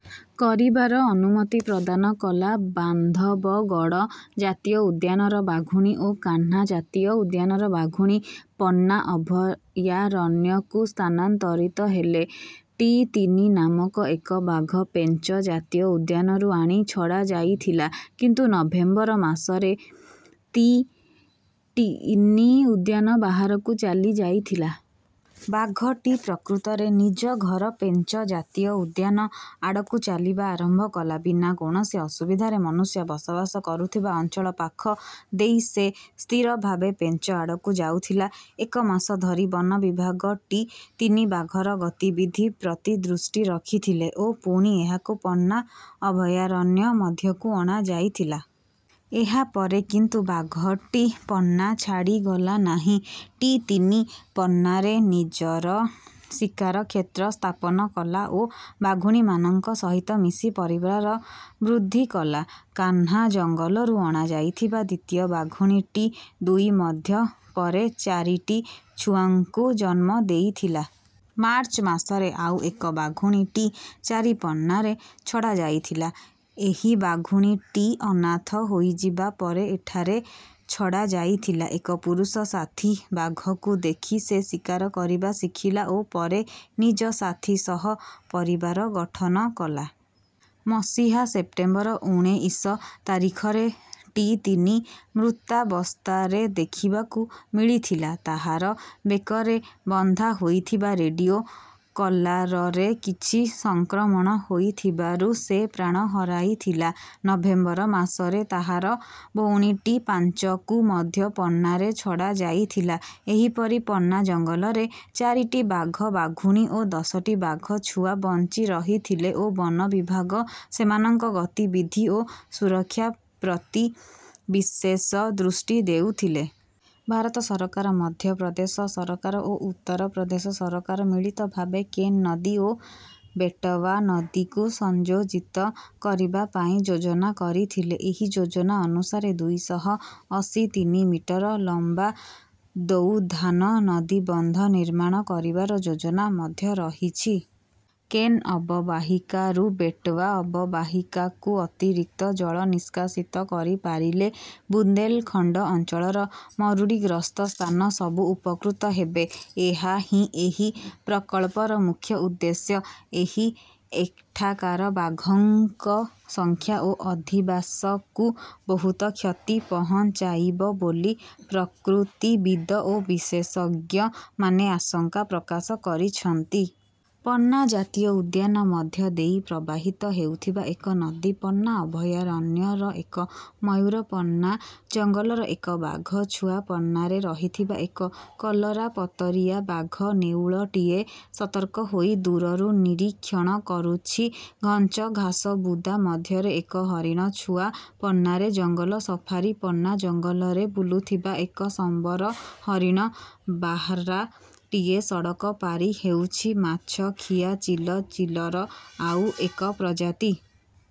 କରିବାର ଅନୁମତି ପ୍ରଦାନ କଲା। ବାନ୍ଧବଗଡ଼ ଜାତୀୟ ଉଦ୍ୟାନର ବାଘୁଣୀ ଓ କାହ୍ନା ଜାତୀୟ ଉଦ୍ୟାନର ବାଘୁଣୀ ପନ୍ନା ଅଭୟାରଣ୍ୟକୁ ସ୍ଥାନାନ୍ତରିତ ହେଲେ। ଟି ତିନି ନାମକ ଏକ ବାଘ ପେଞ୍ଚ ଜାତୀୟ ଉଦ୍ୟାନରୁ ଆଣି ଛଡ଼ାଯାଇଥିଲା। କିନ୍ତୁ ନଭେମ୍ବର ମାସରେ ଟି ତିନି ଉଦ୍ୟାନ ବାହାରକୁ ଚାଲି ଯାଇଥିଲା। ବାଘଟି ପ୍ରକୃତରେ ନିଜ ଘର ପେଞ୍ଚ ଜାତୀୟ ଉଦ୍ୟାନ ଆଡ଼କୁ ଚାଲିବା ଆରମ୍ଭ କଲା। ବିନା କୌଣସି ଅସୁବିଧାରେ ମନୁଷ୍ୟ ବସବାସ କରୁଥିବା ଅଞ୍ଚଳ ପାଖ ଦେଇ ସେ ସ୍ଥିର ଭାବେ ପେଞ୍ଚ ଆଡ଼କୁ ଯାଉଥିଲା। ଏକ ମାସ ଧରି ବନ ବିଭାଗ ଟି ତିନି ବାଘର ଗତିବିଧି ପ୍ରତି ଦୃଷ୍ଟି ରଖିଥିଲେ ଓ ପୁଣି ଏହାକୁ ପନ୍ନା ଅଭୟାରଣ୍ୟ ମଧ୍ୟକୁ ଅଣାଯାଇଥିଲା। ଏହା ପରେ କିନ୍ତୁ ବାଘଟି ପନ୍ନା ଛାଡ଼ି ଗଲା ନାହିଁ। ଟି ତିନି ପନ୍ନାରେ ନିଜର ଶିକାର କ୍ଷେତ୍ର ସ୍ଥାପନ କଲା ଓ ବାଘୁଣୀମାନଙ୍କ ସହିତ ମିଶି ପରିବାର ବୃଦ୍ଧି କଲା। କାହ୍ନା ଜଙ୍ଗଲରୁ ଅଣାଯାଇଥିବା ଦ୍ୱିତୀୟ ବାଘୁଣୀ ଟି ଦୁଇ ମଧ୍ୟ ପରେ ଚାରିଟି ଛୁଆଙ୍କୁ ଜନ୍ମ ଦେଇଥିଲା। ମାର୍ଚ୍ଚ ମାସରେ ଆଉ ଏକ ବାଘୁଣୀ ଟି ଚାରି ପନ୍ନାରେ ଛଡ଼ାଯାଇଥିଲା। ଏହି ବାଘୁଣୀଟି ଅନାଥ ହୋଇଯିବା ପରେ ଏଠାରେ ଛଡ଼ାଯାଇଥିଲା। ଏକ ପୁରୁଷ ସାଥୀ ବାଘକୁ ଦେଖି ସେ ଶିକାର କରିବା ଶିଖିଲା ଓ ପରେ ନିଜ ସାଥୀ ସହ ପରିବାର ଗଠନ କଲା। ମସିହା ସେପ୍ଟେମ୍ବର ଉନେଇଶ ତାରିଖରେ ଟି ତିନି ମୃତାବସ୍ଥାରେ ଦେଖିବାକୁ ମିଳିଥିଲା। ତାହାର ବେକରେ ବନ୍ଧା ହୋଇଥିବା ରେଡିଓ କଲାରରେ କିଛି ସଂକ୍ରମଣ ହୋଇଥିବାରୁ ସେ ପ୍ରାଣ ହରାଇଥିଲା। ନଭେମ୍ବର ମାସରେ ତାହାର ଭଉଣୀ ଟି ପାଞ୍ଚକୁ ମଧ୍ୟ ପନ୍ନାରେ ଛଡ଼ା ଯାଇଥିଲା। ଏହିପରି ପନ୍ନା ଜଙ୍ଗଲରେ ଚାରିଟି ବାଘ ବାଘୁଣୀ ଓ ଦଶଟି ବାଘଛୁଆ ବଞ୍ଚି ରହିଥିଲେ ଓ ବନ ବିଭାଗ ସେମାନଙ୍କ ଗତିବିଧି ଓ ସୁରକ୍ଷା ପ୍ରତି ବିଶେଷ ଦୃଷ୍ଟି ଦେଉଥିଲେ। ଭାରତ ସରକାର, ମଧ୍ୟ ପ୍ରଦେଶ ସରକାର ଓ ଉତ୍ତର ପ୍ରଦେଶ ସରକାର ମିଳିତ ଭାବେ କେନ୍ ନଦୀ ଓ ବେଟୱା ନଦୀକୁ ସଂଯୋଜିତ କରିବା ପାଇଁ ଯୋଜନା କରିଥିଲେ। ଏହି ଯୋଜନା ଅନୁସାରେ ଦୁଇ ଶହ ଅଶୀ ତିନି ମିଟର ଲମ୍ବା ଦୌଧାନ ନଦୀବନ୍ଧ ନିର୍ମାଣ କରିବାର ଯୋଜନା ମଧ୍ୟ ରହିଛି। କେନ୍ ଅବବାହିକାରୁ ବେଟୱା ଅବବାହିକାକୁ ଅତିରିକ୍ତ ଜଳ ନିଷ୍କାସିତ କରିପାରିଲେ ବୁନ୍ଦେଲଖଣ୍ଡ ଅଞ୍ଚଳର ମରୁଡ଼ିଗ୍ରସ୍ତ ସ୍ଥାନ ସବୁ ଉପକୃତ ହେବେ। ଏହା ହିଁ ଏହି ପ୍ରକଳ୍ପର ମୁଖ୍ୟ ଉଦ୍ଦେଶ୍ୟ। ଏହା ଏଠାକାର ବାଘଙ୍କ ସଂଖ୍ୟା ଓ ଅଧିବାସକୁ ବହୁତ କ୍ଷତି ପହଞ୍ଚାଇବ ବୋଲି ପ୍ରକୃତିବିଦ ଓ ବିଶେଷଜ୍ଞମାନେ ଆଶଙ୍କା ପ୍ରକାଶ କରିଛନ୍ତି। ପନ୍ନା ଜାତୀୟ ଉଦ୍ୟାନ ମଧ୍ୟ ଦେଇ ପ୍ରବାହିତ ହେଉଥିବା ଏକ ନଦୀ ପନ୍ନା ଅଭୟାରଣ୍ୟର ଏକ ମୟୂର ପନ୍ନା ଜଙ୍ଗଲର ଏକ ବାଘ ଛୁଆ ପନ୍ନାରେ ରହିଥିବା ଏକ କଲରାପତରିଆ ବାଘ ନେଉଳଟିଏ ସତର୍କ ହୋଇ ଦୂରରୁ ନିରୀକ୍ଷଣ କରୁଛି ଘଞ୍ଚ ଘାସବୁଦା ମଧ୍ୟରେ ଏକ ହରିଣ ଛୁଆ ପନ୍ନାରେ ଜଙ୍ଗଲ ସଫାରୀ ପନ୍ନା ଜଙ୍ଗଲରେ ବୁଲୁଥିବା ଏକ ସମ୍ବର ହରିଣ ବାର୍ହାଟିଏ ସଡ଼କ ପାରି ହେଉଛି ମାଛଖିଆ ଚିଲ ଚିଲର ଆଉ ଏକ ପ୍ରଜାତି।